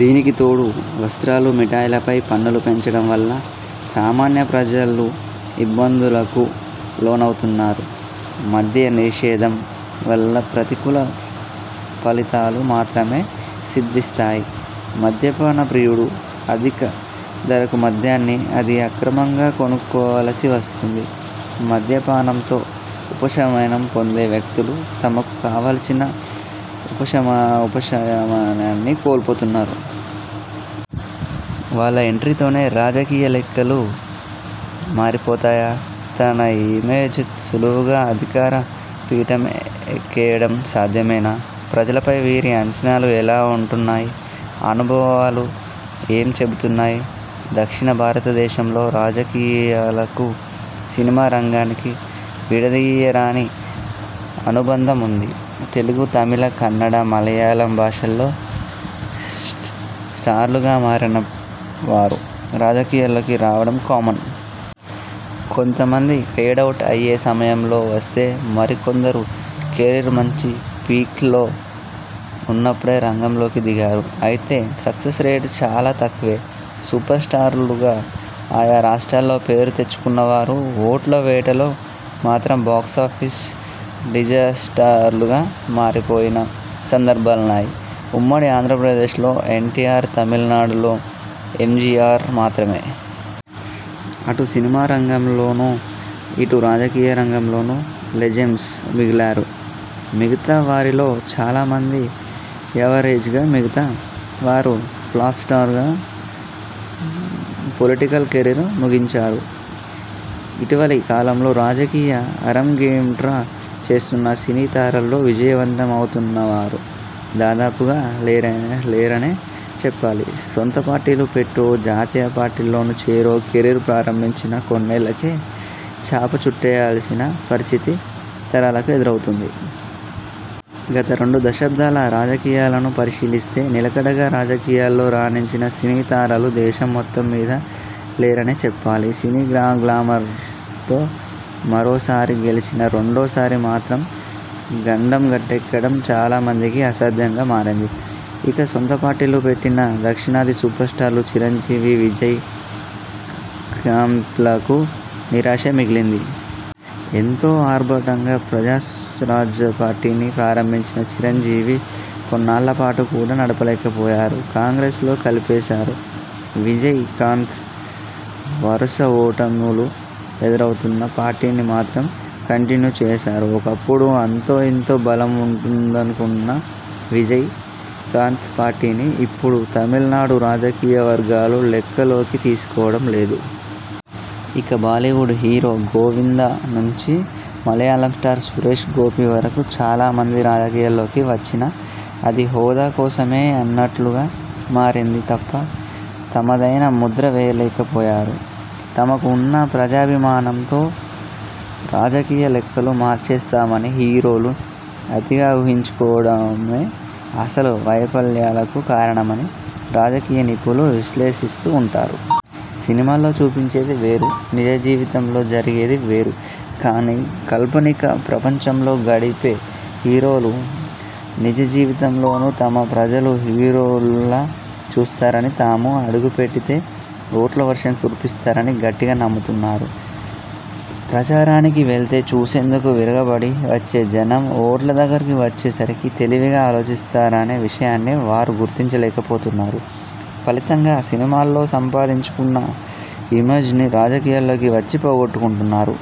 దీనికి తోడు వస్త్రాలు, మిఠాయిలపై పన్నులు పెంచడం వల్ల సామాన్య ప్రజలు ఇబ్బందులకు లోనవుతున్నారు. మద్య నిషేధం వల్ల ప్రతికూల ఫలితాలు మాత్రమే సిద్ధిస్తాయి. మద్యపాన ప్రియుడు అధిక ధరకు మద్యాన్ని, అదీ అక్రమంగా కొనుక్కోవలసి వస్తుంది. మద్య పానంతో ఉపశమనం పొందే వ్యక్తులు, తమకు కావలసిన ఉపశమనాన్ని కోల్పోతున్నారు. వాళ్ల ఎంట్రీతోనే రాజకీయ లెక్కలు మారిపోతాయా? తన ఇమేజ్ సులువుగా అధికార పీఠం ఎక్కేయడం సాధ్యమేనా? ప్రజలపై వీరి అంచనాలు ఎలా ఉంటున్నాయి? అనుభవాలు ఏం చెబుతున్నాయి? దక్షిణ భారతదేశంలో రాజకీయాలకు సినిమా రంగానికి విడదీయరాని అనుబంధం ఉంది. తెలుగు, తమిళ, కన్నడ, మలయాళం భాషల్లో స్టార్లుగా మారిన వారు రాజకీయాల్లోకి రావడం కామన్. కొంత మంది ఫేడ్ అవుట్ అయ్యే సమయంలో వస్తే మరికొందరు కెరీర్ మంచి పీక్స్లో ఉన్నప్పుడే రంగంలోకి దిగారు. అయితే సక్సెస్ రేటు చాలా తక్కువే. సూపర్ స్టార్లుగా ఆయా రాష్ట్రాల్లో పేరు తెచ్చుకున్నవారు. ఓట్ల వేటలో మాత్రం బాక్సాఫీస్ డిజాస్టర్లుగా మారిపోయిన సందర్భాలున్నాయి. ఉమ్మడి ఆంధ్రప్రదేశ్లో ఎన్టీఆర్, తమిళనాడులో ఎంజీఆర్ మాత్రమే. అటు సినిమా రంగంలోనూ ఇటు రాజకీయ రంగంలోనూ లెజెండ్స్ మిగిలారు. మిగతా వారిలో చాలా మంది యావరేజ్గా మిగతా వారు ఫ్లాప్ స్టార్గా పొలిటికల్ కెరీర్ ముగించారు. ఇటీవలి కాలంలో రాజకీయ ఆరంగేంట్రం చేస్తున్న సినీ తారల్లో విజయవంతం అవుతున్నవారు దాదాపుగా లేరనే చెప్పాలి. సొంత పార్టీలు పెట్టో, జాతీయ పార్టీల్లో చేరో కెరీర్ ప్రారంభించినా కొన్నాళ్లకే చాపచుట్టేయాల్సిన పరిస్థితి తారలకు ఎదురువుతోంది. గత రెండు దశాబ్దాల రాజకీయాలను పరిశీలిస్తే నిలకడగా రాజకీయాల్లో రాణించిన సినీతారలు దేశం మొత్తం మీద లేరనే చెప్పాలి. సినీ గ్లామర్తో మరోసారి గెలిచినా రెండో సారి మాత్రం గండం గట్టెక్కడం చాలా మందికి అసాధ్యంగా మారింది. ఇక సొంత పార్టీలు పెట్టిన దక్షిణాది సూపర్ స్టార్లు చిరంజీవి, విజయ్ కాంత్లకు నిరాశే మిగిలింది. ఎంతో ఆర్భాటంగా ప్రజారాజ్య పార్టీని ప్రారంభించిన చిరంజీవి కొన్నాళ్ల పాటు కూడా నడపలేకపోయారు. కాంగ్రెస్లో కలిపేశారు. విజయ్ కాంత్ వరుస ఓటములు ఎదురవుతున్నా పార్టీని మాత్రం కంటిన్యూ చేసారు. ఒకప్పుడు అంతో ఇంతో బలం ఉందనుకున్న విజయ్ కాంత్ పార్టీని ఇప్పుడు తమిళనాడు రాజకీయవర్గాలు లెక్కలోకి తీసుకోవడం లేదు. ఇక బాలీవుడ్ హీరో గోవిందా నుంచి మలయాళం స్టార్ సురేష్ గోపీ వరకు చాలా మంది రాజకీయాల్లోకి వచ్చినా అది హోదా కోసమే అన్నట్లుగా మారింది తప్ప తమదైన ముద్ర వేయలేకపోయారు తమకు ఉన్న ప్రజాభిమానంతో రాజకీయ లెక్కలు మార్చేస్తామని హీరోలు అతిగా ఊహించుకోవడమే అసలు వైఫల్యాలకు కారణమని రాజకీయనిపుణులు విశ్లేషిస్తూ ఉంటారు. సినిమాల్లో చూపించేది వేరు నిజ జీవితంలో జరిగేది వేరు. కానీ కాల్పనిక ప్రపంచంలో గడిపే హీరోలు నిజజీవితంలోనూ తమ ప్రజలు హీరోల్లా చూస్తారని తాము అడుగుపెడితే ఓట్ల వర్షం కురిపిస్తారని గట్టిగా నమ్ముతున్నారు. ప్రచారానికి వెళ్తే చూసేందుకు విరగబడి వచ్చే జనం ఓట్ల దగ్గరకు వచ్చేసరికి తెలివిగా ఆలోచిస్తారనే విషయాన్ని వారు గుర్తించలేకపోతున్నారు. ఫలితంగా సినిమాల్లో సంపాదించుకున్న ఇమేజ్ను రాజకీయాల్లోకి వచ్చి పోగొట్టుకుంటున్నారు.